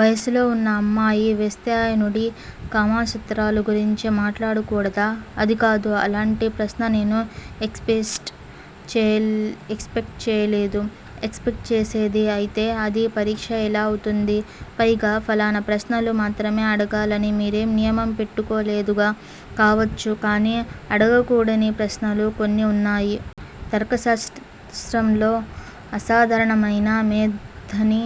వయసులో వున్న అమ్మాయి వాత్స్యాయనుడి కామసూత్రాల గురించి మాట్లాడకూడదా? అది కాదు అలాంటి ప్రశ్న నేను ఎక్స్ పెక్ట్ చేయలేదు. ఎక్స్ పెక్ట్ చేసేదే అయితే అది పరీక్ష ఎలా అవుతుంది? పైగా ఫలానా ప్రశ్నలు మాత్రమే అడగాలని మీరేం నియమం పెట్టుకోలేదుగా? కావచ్చు కాని అడగకూడని ప్రశ్నలూ కొన్ని వున్నాయి. తర్కశాస్త్రంలో అసాధారణమయిన మేధని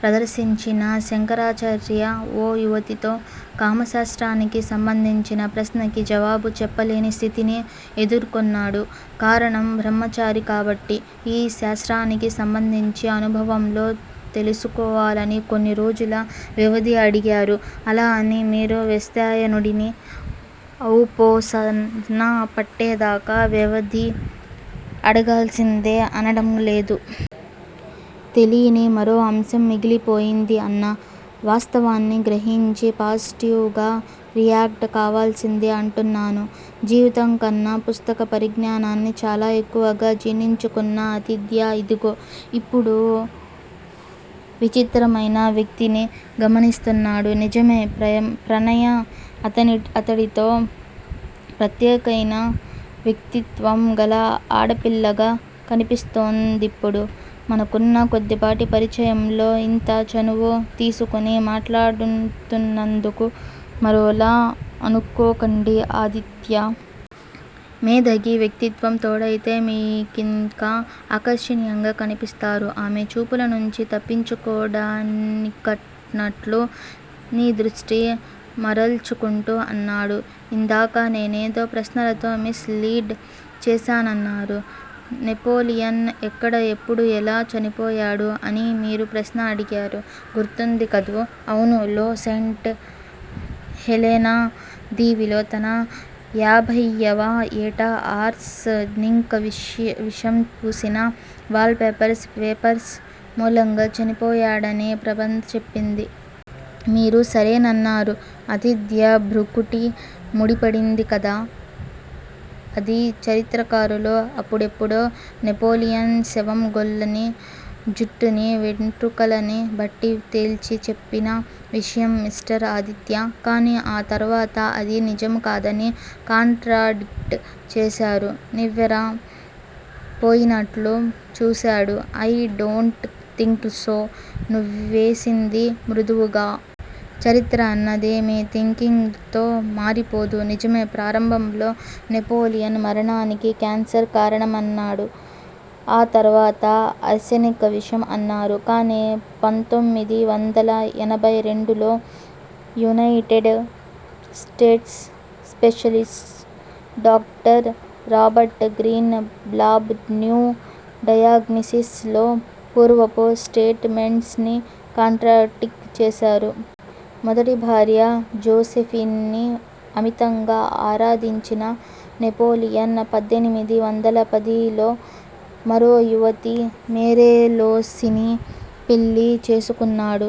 ప్రదర్శించిన శంకరాచార్య ఓ యువతితో కామశాస్త్రానికి సంబంధించిన ప్రశ్నకి జవాబు చెప్పలేని స్థితిని ఎదుర్కొన్నాడు. కారణం బ్రహ్మచారి కాబట్టి. ఈ శాస్త్రానికి సంబంధించి అనుభవంలో తెలుసుకోవాలని కొన్నిరోజుల వ్యవధి అడిగారు. అలా అని మీరూ వ్యాత్స్యాయనుడిని ఔపోసన పట్టేదాకా వ్యవధి అడగాల్సిందే అనడంలేదు. తెలీని మరో అంశం మిగిలిపోయింది అన్న వాస్తవాన్ని గ్రహించి పాజిటివ్ గా రియాక్ట్ కావాల్సిందీ అంటున్నాను. జీవితంకన్నా పుస్తక పరిజ్ఞానాన్ని చాలా ఎక్కువగా జీర్ణించుకున్న ఆదిత్య ఇదిగో, ఇప్పుడో విచిత్రమయిన వ్యక్తిని గమనిస్తున్నాడు. నిజమే. ప్రణయ అతడితో ప్రత్యేకయిన వ్యక్తిత్వం గల ఆడపిల్లగా కనిపిస్తోందిప్పుడు. మనకున్న కొద్దిపాటి పరిచయంలో ఇంత చనువు తీసుకుని మాట్లాడుతున్నందుకు మరోలా అనుకోకండి ఆదిత్యా! మేధకి వ్యక్తిత్వం తోడయితే మీకింకా అకర్షణీయంగా కనిపిస్తారు. ఆమె చూపుల నుంచి తప్పించుకోవడానికన్నట్లు నీ దృష్టి మరల్చుకుంటూ అన్నాడు. ఇందాక నేనేదో ప్రశ్నలతో మిస్ లీడ్ చేశానన్నారు? నెపోలియన్ ఎక్కడ ఎప్పుడు ఎలా చనిపోయాడు అని మీరు ప్రశ్న అడిగారు, గుర్తుంది కదూ? అవును లో సెంట్ హెలెనా దీవిలో తన యాభయ్యవ ఏట ఆర్స్ నిoక్ విషం పూసిన వాల్ పేపర్స్ వేపర్స్ మూలంగా చనిపోయాడని ప్రబంధ చెప్పింది. మీరు సరేనన్నారు. ఆదిత్య భ్రుకుటి ముడిపడింది కాదా? అది చరిత్రకారులు అప్పుడెప్పుడో నెపోలియన్ శవం గోళ్ళని, జుట్టుని, వెంట్రుకలని బట్టి తేల్చి చెప్పిన విషయం మిస్టర్ ఆదిత్యా! కాని ఆ తర్వాత అది నిజం కాదని కాంట్రాడ్ చేశారు. నివ్వెర పోయినట్లు చూశాడు. ఐ డోంట్ థింక్ సో నువ్వేసింది మృదువుగా. చరిత్ర అన్నది మీ థింకింగ్ తో మారిపోదు. నిజమే! ప్రారంభంలో నెపోలియన్ మరణానికి క్యాన్సర్ కారణమన్నారు. ఆ తర్వాత ఆర్సెనిక్ విషం అన్నారు కాని పంతొమ్మిది వందల ఎనబై రెండు లో United States specialist doctor Robert Green lab new diagnosis లో పూర్వపు స్టేట్ మెంట్స్ ని కాంట్రాడిక్ట్ చేశాడు. మొదటి భార్య జోసెఫిన్ని అమితంగా ఆరాధించిన నెపోలియన్ పద్దెనిమిది వందల పది లో మరో యువతి మేరేలోసీని పెళ్ళి చేసుకున్నాడు.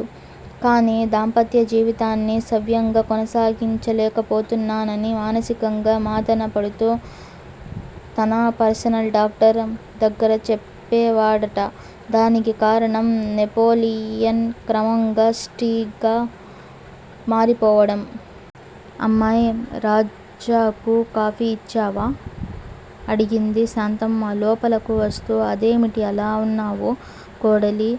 కాని దాంపత్య జీవితాన్ని సవ్యంగా కొనసాగించలేకపోతున్నానని మానసికంగా మాధన పడుతూ తన పర్సనల్ డాక్టర్ దగ్గర చెప్పేవాడట. దానికి కారణం నెపోలియన్ క్రమంగా స్త్రీగా మారిపోవడం. అమ్మాయ్! రాజాకు కాఫీ ఇచ్చావా? అడిగింది శాంతమ్మ లోపలకు వస్తూ. అదేమిటి అలా వున్నావు? కోడలి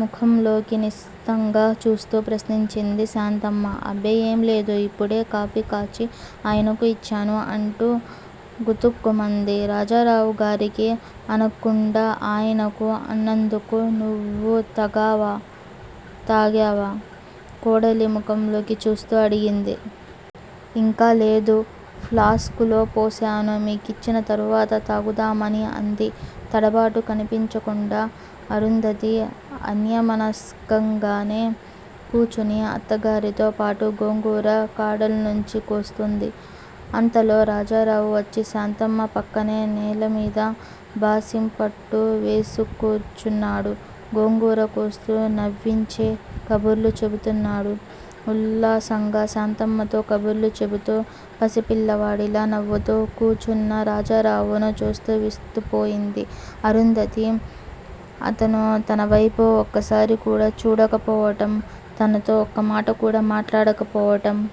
ముఖంలోకి నిశితంగా చూస్తూ ప్రశ్నించింది శాంతమ్మ. అబ్బే! ఏంలేదు. ఇప్పుడే కాఫీకాచి ఆయనకు ఇచ్చాను అంటూ గుతుక్కుమంది, రాజారావుగారికి అనకుండా ఆయనకు అన్నందుకు. నువ్వు తాగావా? కోడలి ముఖంలోకి చూస్తూ అడిగింది. ఇంకా లేదు ఫ్లాస్కులో పోశాను, మీకిచ్చిన తరవాత తాగుదామని అంది తడబాటు కనిపించకుండా. అరుంధతి అన్యమనస్కంగానే కూచుని అత్తగారితో పాటు గోంగూర కాడల్నుంచి కోస్తూంది. అంతలో రాజారావు వచ్చి శాంతమ్మ పక్కనే నేల మీద బాసింపట్టు వేసుక్కూర్చున్నాడు. గోంగూర కోస్తూ నవ్వించే కబుర్లు చెబుతున్నాడు. ఉల్లాసంగా శాంతమ్మతో కబుర్లు చెబుతూ పసి పిల్లవాడిలా నవ్వుతూ కూచున్న రాజారావును చూస్తూ విస్తుపోయింది అరుంధతి. అతను తనవైపు ఒక్కసారికూడా చూడకపోవటం, తనతో ఒక్కమాట కూడా మాట్లాడకపోవటం